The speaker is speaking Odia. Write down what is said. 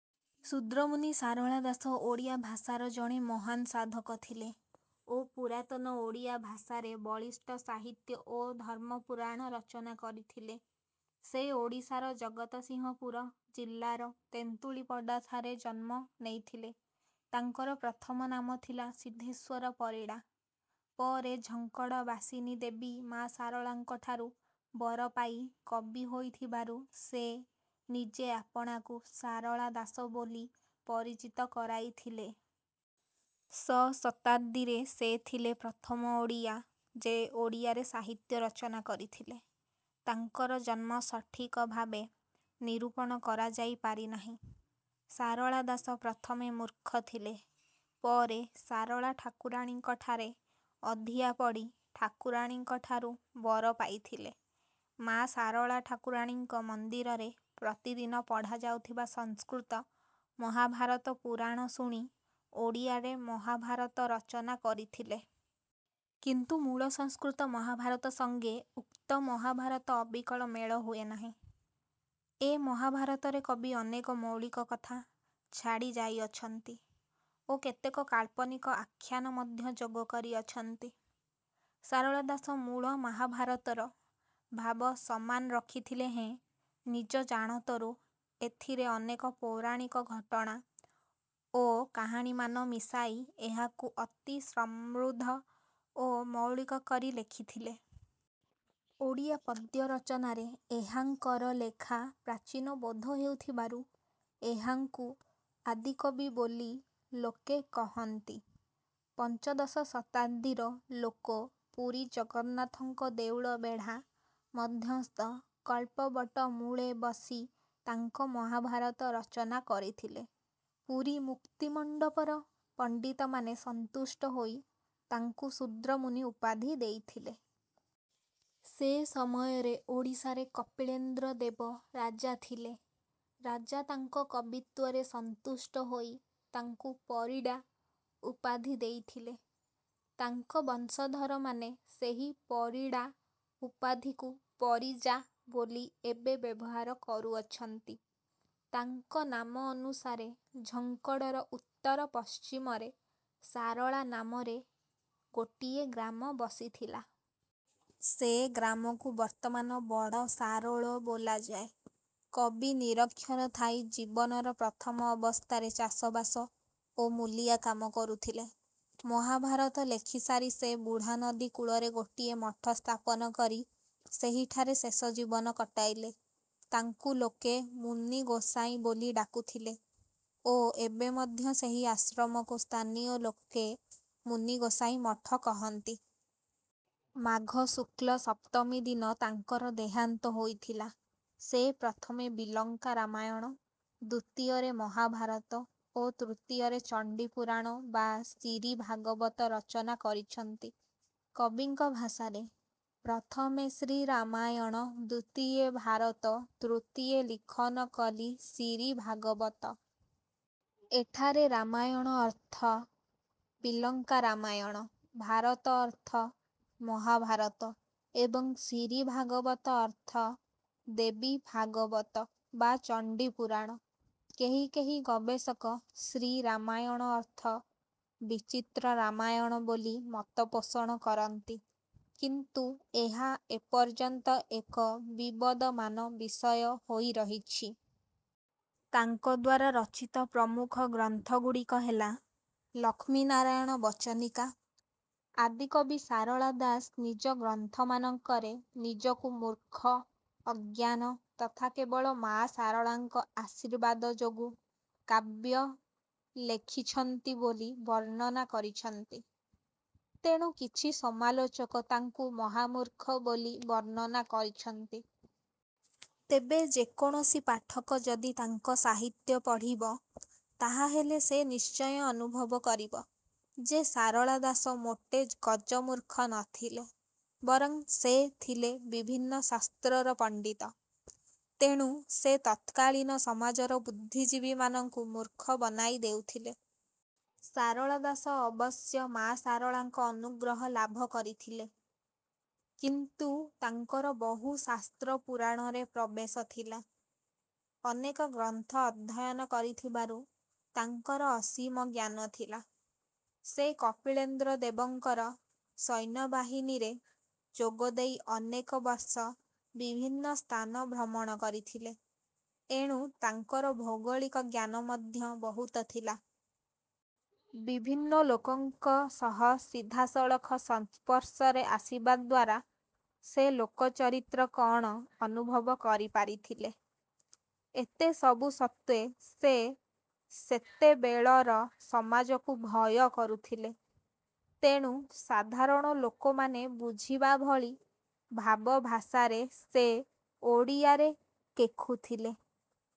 ଶୂଦ୍ରମୁନି ସାରଳା ଦାସ ଓଡ଼ିଆ ଭାଷାର ଜଣେ ମହାନ ସାଧକ ଥିଲେ ଓ ପୁରାତନ ଓଡ଼ିଆ ଭାଷାରେ ବଳିଷ୍ଠ ସାହିତ୍ୟ ଓ ଧର୍ମ ପୁରାଣ ରଚନା କରିଥିଲେ। ସେ ଓଡ଼ିଶାର ଜଗତସିଂହପୁର ଜିଲ୍ଲାର "ତେନ୍ତୁଳିପଦା"ଠାରେ ଜନ୍ମ ନେଇଥିଲେ। ତାଙ୍କର ପ୍ରଥମ ନାମ ଥିଲା "ସିଦ୍ଧେଶ୍ୱର ପରିଡ଼ା", ପରେ ଝଙ୍କଡ ବାସିନୀ ଦେବୀ ମା ଶାରଳାଙ୍କଠାରୁ ବର ପାଇ କବି ହୋଇଥିବାରୁ ସେ ନିଜେ ଆପଣାକୁ 'ସାରଳା ଦାସ' ବୋଲି ପରିଚିତ କରାଇଥିଲେ। ଶ ଶତାବ୍ଦୀରେ ସେ ଥିଲେ ପ୍ରଥମ ଓଡ଼ିଆ ଯେ ଓଡ଼ିଆରେ ସାହିତ୍ୟ ରଚନା କରିଥିଲେ। ତାଙ୍କର ଜନ୍ମ ସଠିକ ଭାବରେ ନିରୂପଣ କରାଯାଇ ପାରି ନାହିଁ। ସାରଳା ଦାସ ପ୍ରଥମେ ମୂର୍ଖ ଥିଲେ; ପରେ ସାରଳା ଠାକୁରାଣୀଙ୍କଠାରେ ଅଧିଆ ପଡ଼ି ଠାକୁରାଣୀଙ୍କଠାରୁ ବର ପାଇଥିଲେ। ମା ଶାରଳା ଠାକୁରାଣୀଙ୍କ ମନ୍ଦିରରେ ପ୍ରତି ଦିନ ପଢ଼ା ଯାଉଥିବା ସଂସ୍କୃତ ମହାଭାରତ ପୁରାଣ ଶୁଣି ଓଡ଼ିଆରେ ମହାଭାରତ ରଚନା କରିଥିଲେ। କିନ୍ତୁ ମୂଳ ସଂସ୍କୃତ ମହାଭାରତ ସଙ୍ଗେ ଉକ୍ତ ମହାଭାରତ ଅବିକଳ ମେଳ ହୁଏ ନାହିଁ। ଏ ମହାଭାରତରେ କବି ଅନେକ ମୌଳିକ କଥା ଛାଡ଼ି ଯାଇଅଛନ୍ତି ଓ କେତେକ କାଳ୍ପନିକ ଆଖ୍ୟାନ ମଧ୍ୟ ଯୋଗ କରିଅଛନ୍ତି। ସାରଳା ଦାସ ମୂଳ ମହାଭାରତର ଭାବ ସମାନ ରଖିଥିଲେ ହେଁ ନିଜ ଜାଣତରୁ ଏଥିରେ ଅନେକ ପୌରାଣିକ ଘଟଣା ଓ କାହାଣୀମାନ ମିଶାଇ ଏହାକୁ ଅତି ସମୃଦ୍ଧ ଓ ମୌଳିକ କରି ଲେଖିଥିଲେ। ଓଡ଼ିଆ ପଦ୍ୟ ରଚନାରେ ଏହାଙ୍କର ଲେଖା ପ୍ରାଚୀନ ବୋଧ ହେଉଥିବାରୁ ଏହାଙ୍କୁ ଆଦିକବି ବୋଲି ଲୋକେ କହନ୍ତି। ପଞ୍ଚଦଶ ଶତାବ୍ଦୀର ଲୋକ ପୁରୀ ଜଗନ୍ନାଥଙ୍କ ଦେଉଳ ବେଢା ମଧ୍ୟସ୍ଥ କଳ୍ପବଟ ମୂଳେ ବସି ତାଙ୍କ ମହାଭାରତ ରଚନା କରିଥିଲେ। ପୁରୀ ମୁକ୍ତିମଣ୍ଡପର ପଣ୍ଡିତମାନେ ସନ୍ତୁଷ୍ଟ ହୋଇ ତାଙ୍କୁ 'ଶୂଦ୍ରମୁନି' ଉପାଧି ଦେଇଥିଲେ। ସେ ସମୟରେ ଓଡ଼ିଶାରେ କପିଳେନ୍ଦ୍ର ଦେବ ରାଜା ଥିଲେ। ରାଜା ତାଙ୍କ କବିତ୍ୱରେ ସନ୍ତୁଷ୍ଟ ହୋଇ ତାଙ୍କୁ 'ପରିଡ଼ା' ଉପାଧି ଦେଇଥିଲେ। ତାଙ୍କ ବଂଶଧରମାନେ ସେହି 'ପରିଡ଼ା' ଉପାଧିକୁ 'ପରିଜା' ବୋଲି ଏବେ ବ୍ୟବହାର କରୁଅଛନ୍ତି। ତାଙ୍କ ନାମ ଅନୁସାରେ ଝଙ୍କଡ଼ର ଉତ୍ତର-ପଶ୍ଚିମରେ 'ସାରଳା' ନାମରେ ଗୋଟିଏ଼ ଗ୍ରାମ ବସିଥିଲା। ସେ ଗ୍ରାମକୁ ବର୍ତ୍ତମାନ 'ବଡ଼ ସାରୋଳ' ବୋଲାଯାଏ। କବି ନିରକ୍ଷର ଥାଇ ଜୀବନର ପ୍ରଥମ ଅବସ୍ଥାରେ ଚାଷବାସ ଓ ମୂଲିଆ କାମ କରୁଥିଲେ। ମହାଭାରତ ଲେଖି ସାରି ସେ ବୁଢ଼ାନଦୀ କୂଳରେ ଗୋଟିଏ ମଠ ସ୍ଥାପନ କରି ସେହିଠାରେ ଶେଷ ଜୀବନ କଟାଇଲେ। ତାଙ୍କୁ ଲୋକେ 'ମୁନିଗୋସାଇଁ' ବୋଲି ଡାକୁଥିଲେ ଓ ଏବେ ମଧ୍ୟ ସେହି ଆଶ୍ରମକୁ ସ୍ଥାନୀୟ ଲୋକେ ମୁନି ଗୋସାଈଁ ମଠ କହନ୍ତି। ମାଘ ଶୁକ୍ଳ ସପ୍ତମୀ ଦିନ ତାଙ୍କର ଦେହାନ୍ତ ହୋଇଥିଲା। ସେ ପ୍ରଥମେ ବିଲଙ୍କା ରାମାୟଣ, ଦ୍ୱିତୀୟରେ ମହାଭାରତ ଓ ତୃତୀୟରେ ଚଣ୍ଡୀପୁରାଣ ବା ଶିରୀ ଭାଗବତ ରଚନା କରିଛନ୍ତି। କବିଙ୍କ ଭାଷାରେ:- "ପ୍ରଥମେ ଶ୍ରୀ ରାମାୟଣ ଦ୍ୱିତୀୟେ ଭାରତ ତୃତୀୟେ ଲିଖନ କଲି ଶିରୀ ଭାଗବତ"। ଏଠାରେ ରାମାୟଣ ଅର୍ଥ 'ବିଲଙ୍କା ରାମାୟଣ', ଭାରତ ଅର୍ଥ 'ମହାଭାରତ' ଏବଂ ଶିରୀ ଭାଗବତ ଅର୍ଥ 'ଦେବୀ ଭାଗବତ' ବା 'ଚଣ୍ଡୀପୁରାଣ'। କେହି କେହି ଗବେଷକ ଶ୍ରୀ ରାମାୟଣ ଅର୍ଥ ବିଚିତ୍ର ରାମାୟଣ ବୋଲି ମତପୋଷଣ କରନ୍ତି। କିନ୍ତୁ ଏହା ଏପର୍ଯ୍ୟନ୍ତ ଏକ ବିବଦମାନ ବିଷୟ ହୋଇରହିଛି। ତାଙ୍କଦ୍ୱାରା ରଚିତ ପ୍ରମୁଖ ଗ୍ରନ୍ଥଗୁଡିକ ହେଲା:- ଲକ୍ଷ୍ମୀନାରାୟଣ ବଚନିକା ଆଦିକବି ଶାରଳା ଦାସ ନିଜ ଗ୍ରନ୍ଥମାନଙ୍କରେ ନିଜକୁ ମୁର୍ଖ, ଅଜ୍ଞାନ ତଥା କେବଳ ମା ଶାରଳାଙ୍କ ଆଶୀର୍ବାଦ ଯୋଗୁ କାବ୍ୟ ଲେଖିଛ୍ହନ୍ତି ବୋଲି ବର୍ଣ୍ଣନା କରିଛନ୍ତି; ତେଣୁ କିଛି ସମାଲୋଚକ ତାଙ୍କୁ ମହାମୁର୍ଖ ବୋଲି ବର୍ଣ୍ଣନା କରିଛନ୍ତି। ତେବେ ଯେକୌଣସି ପାଠକ ଯଦି ତାଙ୍କ ସାହିତ୍ୟ ପଢ଼ିବ, ତାହାହେଲେ ସେ ନିଶ୍ଚୟ ଅନୁଭବ କରିବ ଯେ ଶାରଳା ଦାସ ମୋଟେ ଗଜମୁର୍ଖ ନ ଥିଲେ। ବରଂ ସେ ଥିଲେ ବିଭିନ୍ନ ଶାସ୍ତ୍ରର ପଣ୍ଡିତ, ତେଣୁ ସେ ତତ୍କାଳୀନ ସମାଜର ବୁଦ୍ଧିଜୀବିମାନଙ୍କୁ ମୂର୍ଖ ବନାଇ ଦେଉଥିଲେ। ଶାରଳା ଦାସ ଅବଶ୍ୟ ମା ଶାରଳାଙ୍କର ଅନୁଗ୍ରହ ଲାଭ କରିଥିଲେ, କିନ୍ତୁ ତାଙ୍କର ବହୁ ଶାସ୍ତ୍ର ପୁରାଣରେ ପ୍ରବେଶ ଥିଲା। ଅନେକ ଗ୍ରନ୍ଥ ଅଧ୍ୟୟନ କରିଥିବାରୁ ତାଙ୍କର ଅସୀମ ଜ୍ଞାନ ଥିଲା। ସେ କପିଳେନ୍ଦ୍ରଦେବଙ୍କର ସୈନ୍ୟବାହିନୀରେ ଯୋଗଦେଇ ଅନେକବର୍ଷ ବିଭିନ୍ନ ସ୍ଥାନ ଭ୍ରମଣ କରିଥିଲେ, ଏଣୁ ତାଙ୍କର ଭୌଗଳିକ ଜ୍ଞାନ ମଧ୍ୟ ବହୁତ ଥିଲା। ବିଭିନ୍ନ ଲୋକଙ୍କ ସହ ସିଧାସଳଖ ସଂସ୍ପର୍ଶରେ ଆସିବାଦ୍ୱାରା ସେ ଲୋକଚରିତ୍ର କଣ ଅନୁଭବ କରିପାରିଥିଲେ। ଏତେ ସବୁ ସତ୍ତ୍ୱେ ସେ ସେତେବେଳର ସମାଜକୁ ଭୟ କରୁଥିଲେ, ତେଣୁ ସାଧାରଣ ଲୋକମାନେ ବୁଝିବା ଭଳି ଭାବ ଭାଷାରେ ସେ ଓଡ଼ିଆରେ କେଖୁଥିଲେ।